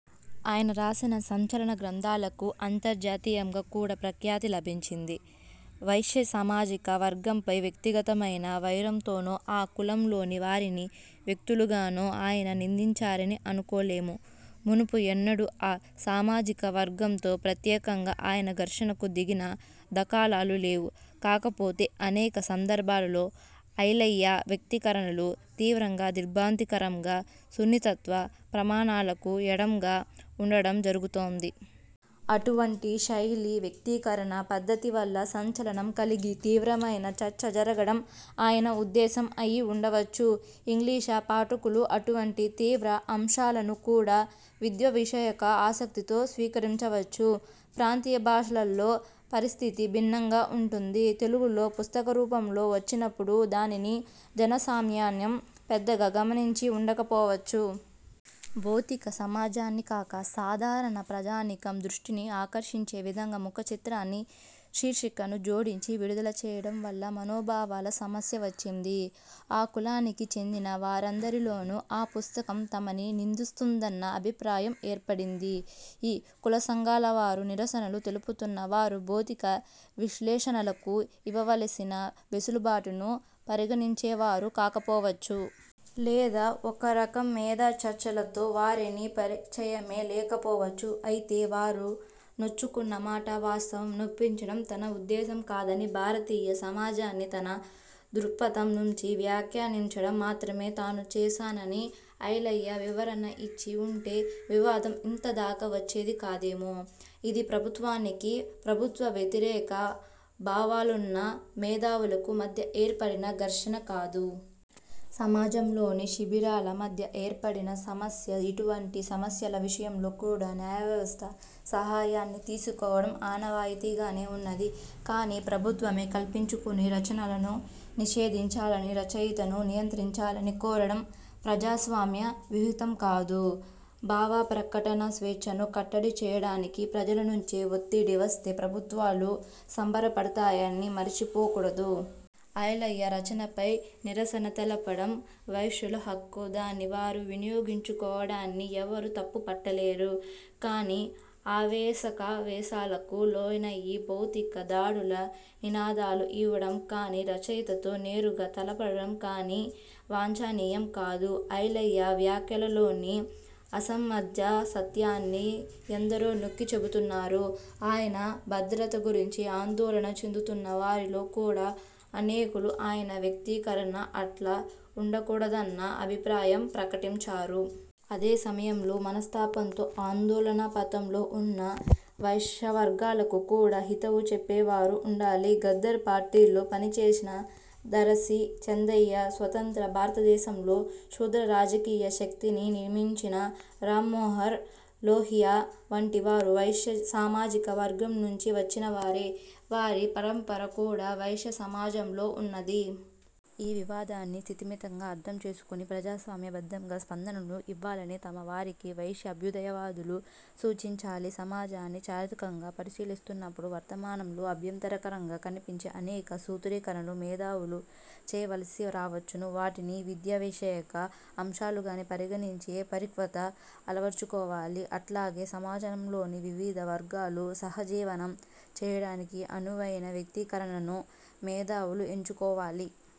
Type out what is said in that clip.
ఆయన రాసిన సంచలన గ్రంథాలకు అంతర్జాతీయంగా కూడా ప్రఖ్యాతి లభించింది. వైశ్య సామాజిక వర్గంపై వ్యక్తిగతమైన వైరంతోనో, ఆ కులంలోని వారిని వ్యక్తులుగానో ఆయన నిందించారని అనుకోలేము. మునుపు ఎన్నడూ ఆ సామాజిక వర్గంతో ప్రత్యేకంగా ఆయన ఘర్షణకు దిగిన దాఖలాలు లేవు. కాకపోతే, అనేక సందర్భాలలో ఐలయ్య వ్యక్తీకరణలు తీవ్రంగా, దిగ్ర్భాంతికరంగా, సున్నితత్వ ప్రమాణాలకు ఎడంగా ఉండడం జరుగుతోంది. అటువంటి శైలి, వ్యక్తీకరణ పద్ధతి వల్ల సంచలనం కలిగి, తీవ్రమయిన చర్చ జరగడం ఆయన ఉద్దేశం అయి ఉండవచ్చు. ఇంగ్లీషు పాఠకులు అటువంటి తీవ్ర అంశాలను కూడా విద్యావిషయిక ఆసక్తితో స్వీకరించవచ్చు. ప్రాంతీయభాషలలో పరిస్థితి భిన్నంగా ఉంటుంది. తెలుగులో పుస్తకరూపంలో వచ్చినప్పుడు దానిని జనసామాన్యం పెద్దగా గమనించి ఉండకపోవచ్చు. బౌద్ధిక సమాజాన్ని కాక, సాధారణ ప్రజానీకం దృష్టిని ఆకర్షించే విధంగా ముఖచిత్రాన్ని, శీర్షికను జోడించి విడుదల చేయడం వల్ల, మనోభావాల సమస్య వచ్చింది. ఆ కులానికి చెందిన వారందరిలోనూ, ఆ పుస్తకం తమని నిందిస్తోందన్న అభిప్రాయం ఏర్పడింది. ఈ కులసంఘాల వారు, నిరసనలు తెలుపుతున్న వారు బౌద్ధిక విశ్లేషణలకు ఇవ్వవలసిన వెసులుబాటును పరిగణించేవారు కాకపోవచ్చు. లేదా ఒకరకం మేధాచర్చలతో వారికి పరిచయమే లేకపోవచ్చు. అయితే, వారు నొచ్చుకున్న మాట వాస్తవం. నొప్పించడం తన ఉద్దేశం కాదని, భారతీయ సమాజాన్ని తన దృక్పథం నుంచి వ్యాఖ్యానించడం మాత్రమే తాను చేశానని ఐలయ్య వివరణ ఇచ్చి ఉంటే వివాదం ఇంతదాకా వచ్చేది కాదేమో? ఇది ప్రభుత్వానికి, ప్రభుత్వ వ్యతిరేక భావాలున్న మేధావులకు మధ్య ఏర్పడిన ఘర్షణ కాదు. సమాజంలోని శిబిరాల మధ్య ఏర్పడిన సమస్య. ఇటువంటి సమస్యల విషయంలో కూడా న్యాయవ్యవస్థ సహాయాన్ని తీసుకోవడం ఆనవాయితీగానే ఉన్నది. కానీ, ప్రభుత్వమే కల్పించుకుని రచనలను నిషేధించాలని, రచయితను నియంత్రించాలని కోరడం ప్రజాస్వామ్య విహితం కాదు. భావప్రకటనాస్వేచ్ఛను కట్టడి చేయడానికి ప్రజల నుంచే ఒత్తిడి వస్తే, ప్రభుత్వాలు సంబరపడతాయని మరచిపోకూడదు. ఐలయ్య రచనపై నిరసన తెలపడం వైశ్యుల హక్కు, దాన్ని వారు వినియోగించుకోవడాన్ని ఎవరూ తప్పు పట్టలేరు. కానీ, ఆవేశకావేశాలకు లోనయి భౌతిక దాడుల నినాదాలు యివ్వడం కానీ, రచయితతో నేరుగా తలపడడం కానీ వాంఛనీయం కాదు. ఐలయ్య వ్యాఖ్యలలోని అసమంజసత్వాన్ని ఎందరో నొక్కి చెబుతున్నారు. ఆయన భద్రత గురించి ఆందోళన చెందుతున్న వారిలో కూడా అనేకులు ఆయన వ్యక్తీకరణ అట్లా ఉండకూడదన్న అభిప్రాయం ప్రకటించారు. అదే సమయంలో, మనస్తాపంతో ఆందోళనాపథంలో ఉన్న వైశ్యవర్గాలకు కూడా హితవు చెప్పేవారు ఉండాలి. గదర్ పార్టీలో పనిచేసిన దరిశి చెంచయ్య, స్వతంత్ర భారతదేశంలో శూద్ర రాజకీయ శక్తిని నిర్మించిన రామ్మనోహర్ లోహియా వంటి వారు వైశ్య సామాజిక వర్గం నుంచి వచ్చినవారే. వారి పరంపర కూడా వైశ్యసమాజంలో ఉన్నది. ఈ వివాదాన్ని స్థిమితంగా అర్థం చేసుకుని, ప్రజాస్వామ్య బద్ధంగా స్పందనలు ఇవ్వాలని తమ వారికి వైశ్య అభ్యుదయవాదులు సూచించాలి. సమాజాన్ని చారిత్రకంగా పరిశీలిస్తున్నప్పుడు, వర్తమానంలో అభ్యంతరకరంగా కనిపించే అనేక సూత్రీకరణలు మేధావులు చేయవలసి రావచ్చును. వాటిని విద్యావిషయిక అంశాలుగానే పరిగణించే పరిపక్వత అలవరచుకోవాలి. అట్లాగే, సమాజంలోని వివిధ వర్గాలు సహజీవనం చేయడానికి అనువైన వ్యక్తీకరణలను మేధావులు ఎంచుకోవాలి.